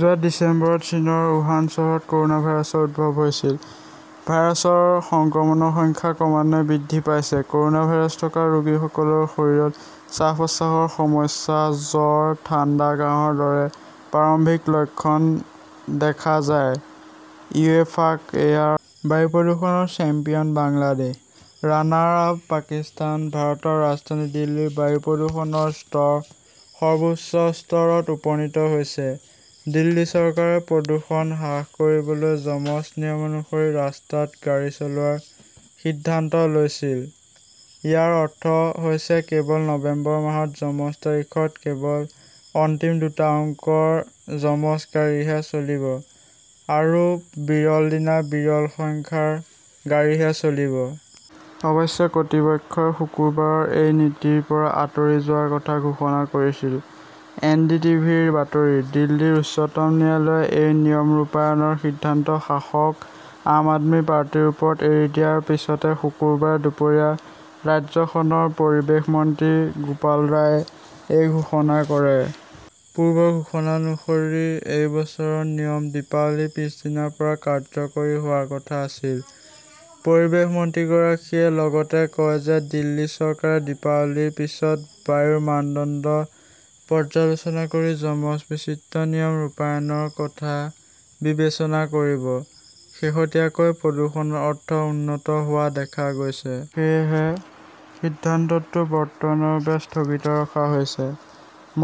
যোৱা ডিচেম্বৰত চীনৰ উহান চহৰত কৰ'না ভাইৰাছৰ উদ্ভৱ হৈছিল। ভাইৰাছৰ সংক্ৰমণৰ সংখ্যা ক্ৰমান্বয়ে বৃদ্ধি পাইছে। ক'ৰোনা ভাইৰাছ থকা ৰোগীসকলৰ শৰীৰত শ্বাস-প্ৰশ্বাসৰ সমস্যা, জ্বৰ, ঠাণ্ডা, কাহৰ দৰে প্ৰাৰম্ভিক লক্ষণ দেখা যায়। ইয়েফাক এ. আৰ. বায়ু প্ৰদূষণৰ চেম্পিয়ন বাংলাদেশ, ৰানাৰ-আপ পাকিস্তান ভাৰতৰ ৰাজধানী দিল্লীৰ বায়ু প্ৰদূষণৰ স্তৰ সৰ্বোচ্চ স্তৰত উপনীত হৈছে। দিল্লী চৰকাৰে প্ৰদূষণ হ্ৰাস কৰিবলৈ যমজ নিয়ম অনুসৰি ৰাস্তাত গাড়ী চলোৱাৰ সিদ্ধান্ত লৈছিল। ইয়াৰ অৰ্থ হৈছে কেৱল নৱেম্বৰ মাহত যমজ তাৰিখত কেৱল অন্তিম দুটা অংকৰ যমজ গাড়ীহে চলিব আৰু বিৰল দিনা বিৰল সংখ্যাৰ গাড়ীহে চলিব। অৱশ্যে কৰ্তৃপক্ষই শুকুৰবাৰে এই নীতিৰ পৰা আঁতৰি যোৱাৰ কথা ঘোষণা কৰিছিল। এনডিটিভিৰ বাতৰি। দিল্লীৰ উচ্চতম ন্যায়ালয়ে এই নিয়ম ৰূপায়ণৰ সিদ্ধান্ত শাসক আম আদমি পাৰ্টিৰ ওপৰত এৰি দিয়াৰ পিছতে শুকুৰবাৰে দুপৰীয়া ৰাজ্যখনৰ পৰিৱেশ মন্ত্ৰী গোপাল ৰায়ে এই ঘোষণা কৰে। পূৰ্বৰ ঘোষণা অনুসৰি, এই বছৰৰ নিয়ম দীপাৱলীৰ পিছদিনাৰ পৰা কাৰ্যকৰী হোৱাৰ কথা আছিল। পৰিৱেশ মন্ত্ৰীগৰাকীয়ে লগতে কয় যে, দিল্লী চৰকাৰে দীপাৱলীৰ পিছত বায়ুৰ মানদণ্ড পৰ্যালোচনা কৰি যমজ বিচিত্ৰ নিয়ম ৰূপায়ণৰ কথা বিবেচনা কৰিব। শেহতীয়াকৈ প্ৰদূষণৰ অৰ্থ উন্নত হোৱা দেখা গৈছে। সেয়েহে সিদ্ধান্তটো বৰ্তমানৰ বাবে স্থগিত ৰখা হৈছে।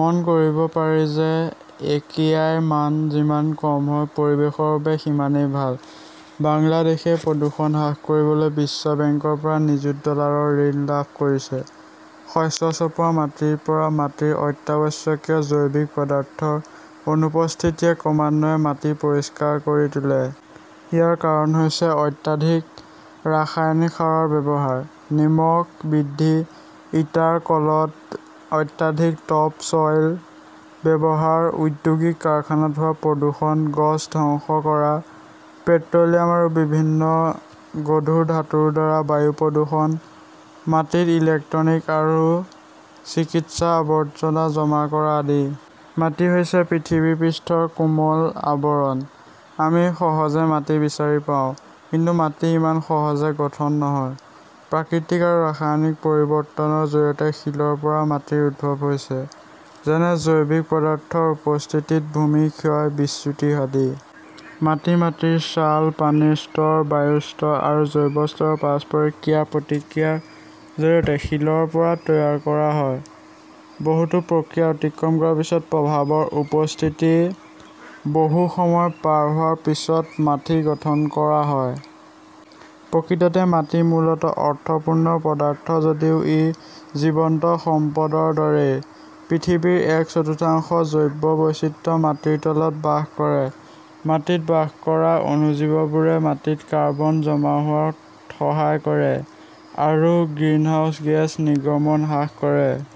মন কৰিব পাৰি যে, একিউআই মান যিমান কম হয় পৰিৱেশৰ বাবে সিমানেই ভাল। বাংলাদেশে প্ৰদূষণ হ্ৰাস কৰিবলৈ বিশ্ব বেংকৰ পৰা নিযুত ডলাৰৰ ঋণ লাভ কৰিছে। শস্য চপোৱা মাটিৰ পৰা মাটিৰ অত্যাৱশ্যকীয় জৈৱিক পদাৰ্থৰ অনুপস্থিতিয়ে ক্ৰমান্বয়ে মাটি পৰিষ্কাৰ কৰি তোলে। ইয়াৰ কাৰণ হৈছে, অত্যাধিক ৰাসায়নিক সাৰৰ ব্যৱহাৰ, নিমখ বৃদ্ধি, ইটাৰ কলত অত্যাধিক টপ চ 'ইল ব্যৱহাৰ, ঔদ্যোগিক কাৰখানাত হোৱা প্ৰদূষণ, গছ ধ্বংস কৰা, পেট্ৰ' লিয়াম আৰু বিভিন্ন গধুৰ ধাতুৰ দ্বাৰা বায়ু প্ৰদূষণ, মাটিত ইলেক্ট্ৰনিক আৰু চিকিৎসা আৱৰ্জনা জমা কৰা আদি। মাটি হৈছে পৃথিৱীৰ পৃষ্ঠৰ কোমল আৱৰণ। আমি সহজে মাটি বিচাৰি পাওঁ, কিন্তু মাটি ইমান সহজে গঠন নহয়। প্ৰাকৃতিক আৰু ৰাসায়নিক পৰিৱৰ্তনৰ জৰিয়তে শিলৰ পৰা মাটিৰ উদ্ভৱ হৈছে, যেনে জৈৱিক পদাৰ্থৰ উপস্থিতিত ভূমি ক্ষয়, বিচ্যুতি আদি। মাটি মাটিৰ ছাল, পানীৰ স্তৰ, বায়ুৰ স্তৰ আৰু জৈৱ স্তৰৰ পাৰস্পৰিক ক্ৰিয়া-প্ৰতিক্ৰিয়াৰ জৰিয়তে শিলৰ পৰা তৈয়াৰ কৰা হয়। বহুতো প্ৰক্ৰিয়া অতিক্ৰম কৰাৰ পিছত, প্ৰভাৱৰ উপস্থিতি, বহু সময় পাৰ হোৱাৰ পিছত মাটি গঠন কৰা হয়। প্ৰকৃততে মাটি মূলত অৰ্থপূৰ্ণ পদাৰ্থ যদিও ই জীৱন্ত সম্পদৰ দৰেই। পৃথিৱীৰ এক চতুৰ্থাংশ জৈৱ বৈচিত্ৰ্য মাটিৰ তলত বাস কৰে। মাটিত বাস কৰা অণুজীৱবোৰে মাটিত কাৰ্বন জমা হোৱাত সহায় কৰে আৰু গ্ৰিনহাউজ গেছ নিৰ্গমন হ্ৰাস কৰে।